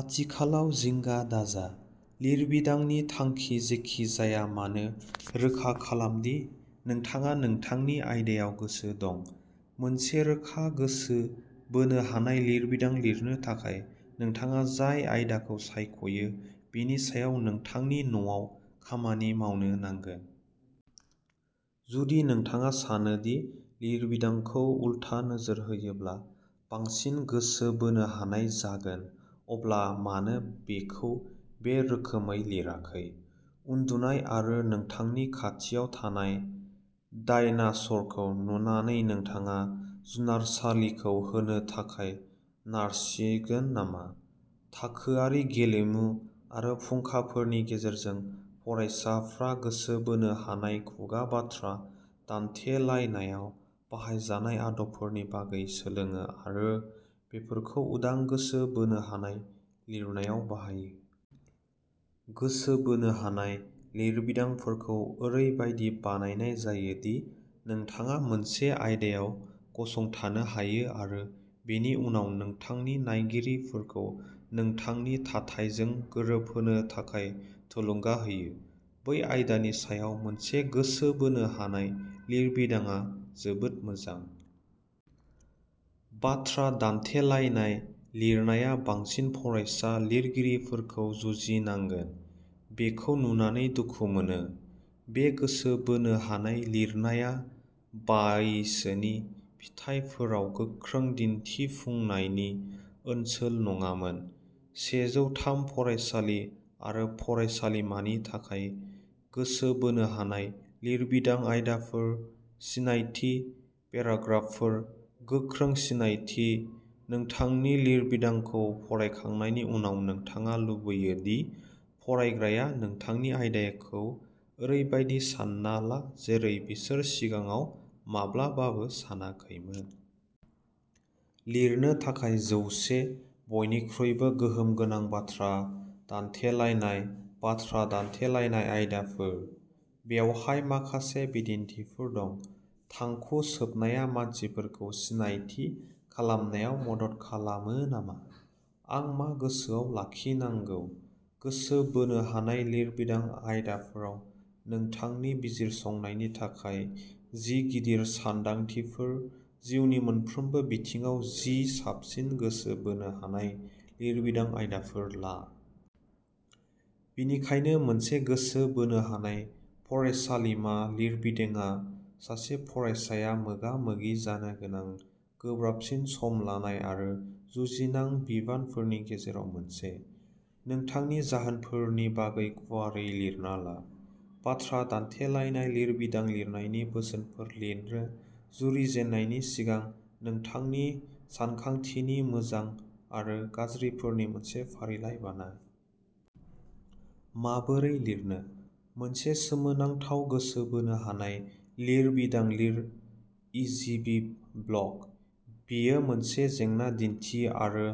आथिखालाव जिंगा दाजा। लिरबिदांनि थांखि जेखि जाया मानो रोखा खालाम दि नोंथाङा नोंथांनि आयदायाव गोसो दं। मोनसे रोखा गोसो बोनो हानाय लिरबिदां लिरनो थाखाय नोंथाङा जाय आयदाखौ सायख'यो बेनि सायाव नोंथांनि न'आव खामानि मावनो नांगोन। जुदि नोंथाङा सानो दि लिरबिदांखौ उलथा नोजोर होयोब्ला बांसिन गोसो बोनो हानाय जागोन अब्ला मानो बेखौ बे रोखोमै लिराखै? उन्दुनाय आरो नोंथांनि खाथियाव थानाय डायनास'रखौ नुनानै नोंथाङा जुनारसालिखौ होनो थाखाय नारसिगोन नामा? थाखोआरि गेलेमु आरो फुंखाफोरनि गेजेरजों फरायसाफ्रा गोसो बोनो हानाय खुगा बाथ्रा दान्थेलायनायाव बाहायजानाय आदबफोरनि बागै सोलोङो आरो बेफोरखौ उदां गोसो बोनो हानाय लिरनायाव बाहायो। गोसो बोनो हानाय लिरबिदांफोरखौ ओरैबायदि बानायनाय जायो दि नोंथाङा मोनसे आयदायाव गसंथानो हायो आरो बेनि उनाव नोंथांनि नायगिरिफोरखौ नोंथांनि थाथायजों गोरोबहोनो थाखाय थुलुंगा होयो। बै आयदानि सायाव मोनसे गोसो बोनो हानाय लिरबिदांआ जोबोद मोजां। बाथ्रा दान्थेलायनाय लिरनाया बांसिन फरायसा लिरगिरिफोरखौ जुजिनांगोन। बेखौ नुनानै दुखु मोनो। बे गोसो बोनो हानाय लिरनाया बायैसोनि फिथायफोराव गोख्रों दिन्थिफुंनायनि ओनसोल नङामोन। सेजौ थाम फरायसालि आरो फरायसालिमानि थाखाय गोसो बोनो हानाय लिरबिदां आयदाफोर, सिनायथि पेराग्राफफोर, गोख्रों सिनायथि नोंथांनि लिरबिदांखौ फरायखांनायनि उनाव नोंथाङा लुबैयो दि फरायग्राया नोंथांनि आयदाखौ ओरैबायदि सानना ला जेरै बिसोर सिगाङाव माब्लाबाबो सानाखैमोन। लिरनो थाखाय जौसे बयनिख्रुइबो गोहोम गोनां बाथ्रा दान्थेलायनाय बाथ्रा दान्थेलायनाय आयदाफोर। बेवहाय माखासे बिदिन्थिफोर दङ। थांखु सोबनाया मानसिफोरखौ सिनायथि खालामनायाव मदद खालामो नामा? आं मा गोसोआव लाखिनांगौ। गोसो बोनो हानाय लिरबिदां आयदाफोराव नोंथांनि बिजिरसंनायनि थाखाय जि गिदिर सानदांथिफोर जिउनि मोनफ्रोमबो बिथिङाव जि साबसिन गोसो बोनो हानाय लिरबिदां आयदाफोर ला। बेनिखायनो मोनसे गोसो बोनो हानाय फरायसालिमा लिरबिदांआ सासे फरायसाया मोगा-मोगि जानो गोनां गोब्राबसिन सम लानाय आरो जुजिनां बिबानफोरनि गेजेराव मोनसे। नोंथांनि जाहोनफोरनि बागै गुवारै लिरना ला। बाथ्रा दान्थेलायनाय लिरबिदां लिरनायनि बोसोनफोर लिरनो जुरिजेननायनि सिगां नोंथांनि सानथांखिनि मोजां आरो गाज्रिफोरनि मोनसे फारिलाइ बानाय। माबोरै लिरनो? मोनसे सोमोनांथाव गोसो बोनो हानाय लिरबिदां लिर इजिबिब ब्लग। बेयो मोनसे जेंना दिन्थियो आरो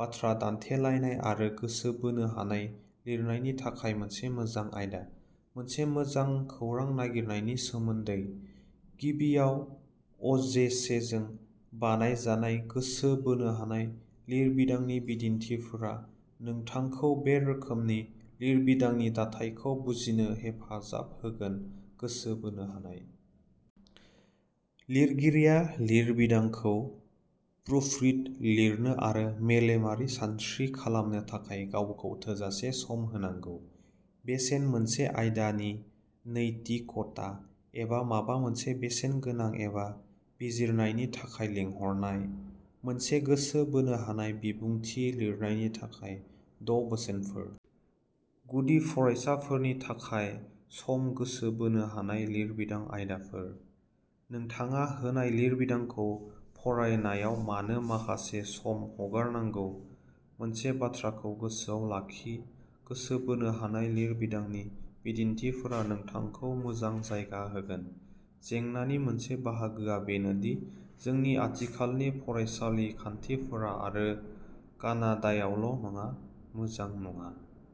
बाथ्रा दान्थेलायनाय आरो गोसो बोनो हानाय लिरनायनि थाखाय मोनसे मोजां आयदा। मोनसे मोजां खौरां नागिरनायनि सोमोन्दै? गिबियाव अजेसेजों बानायजानाय गोसो बोनो हानाय लिरबिदांनि बिदिन्थिफोरा नोंथांखौ बे रोखोमनि लिरबिदांनि दाथायखौ बुजिनो हेफाजाब होगोन गोसो बोनो हानाय। लिरगिरिया लिरबिदांखौ प्रुफरिड लिरनो आरो मेलेमारि सानस्रि खालामनो थाखाय गावखौ थोजासे सम होनांगौ। बेसेन मोनसे आयदानि नैतिकता एबा माबा मोनसे बेसेन गोनां एबा बिजिरनायनि थाखाय लेंहरनाय। मोनसे गोसो बोनो हानाय बिबुंथि लिरनायनि थाखाय द’ बोसोनफोर। गुदि फरायसाफोरनि थाखाय सम गोसो बोनो हानाय लिरबिदां आयदाफोर। नोंथाङा होनाय लिरबिदांखौ फरायनायाव मानो माखासे सम हगारनांगौ? मोनसे बाथ्राखौ गोसोआव लाखि गोसो बोनो हानाय लिरबिदांनि बिदिन्थिफोरा नोंथांखौ मोजां जायगा होगोन। जेंनानि मोनसे बाहागोआ बेनोदि जोंनि आथिखालनि फरायसालि खान्थिफोरा आरो कानाडायावल' नङा मोजां नङा।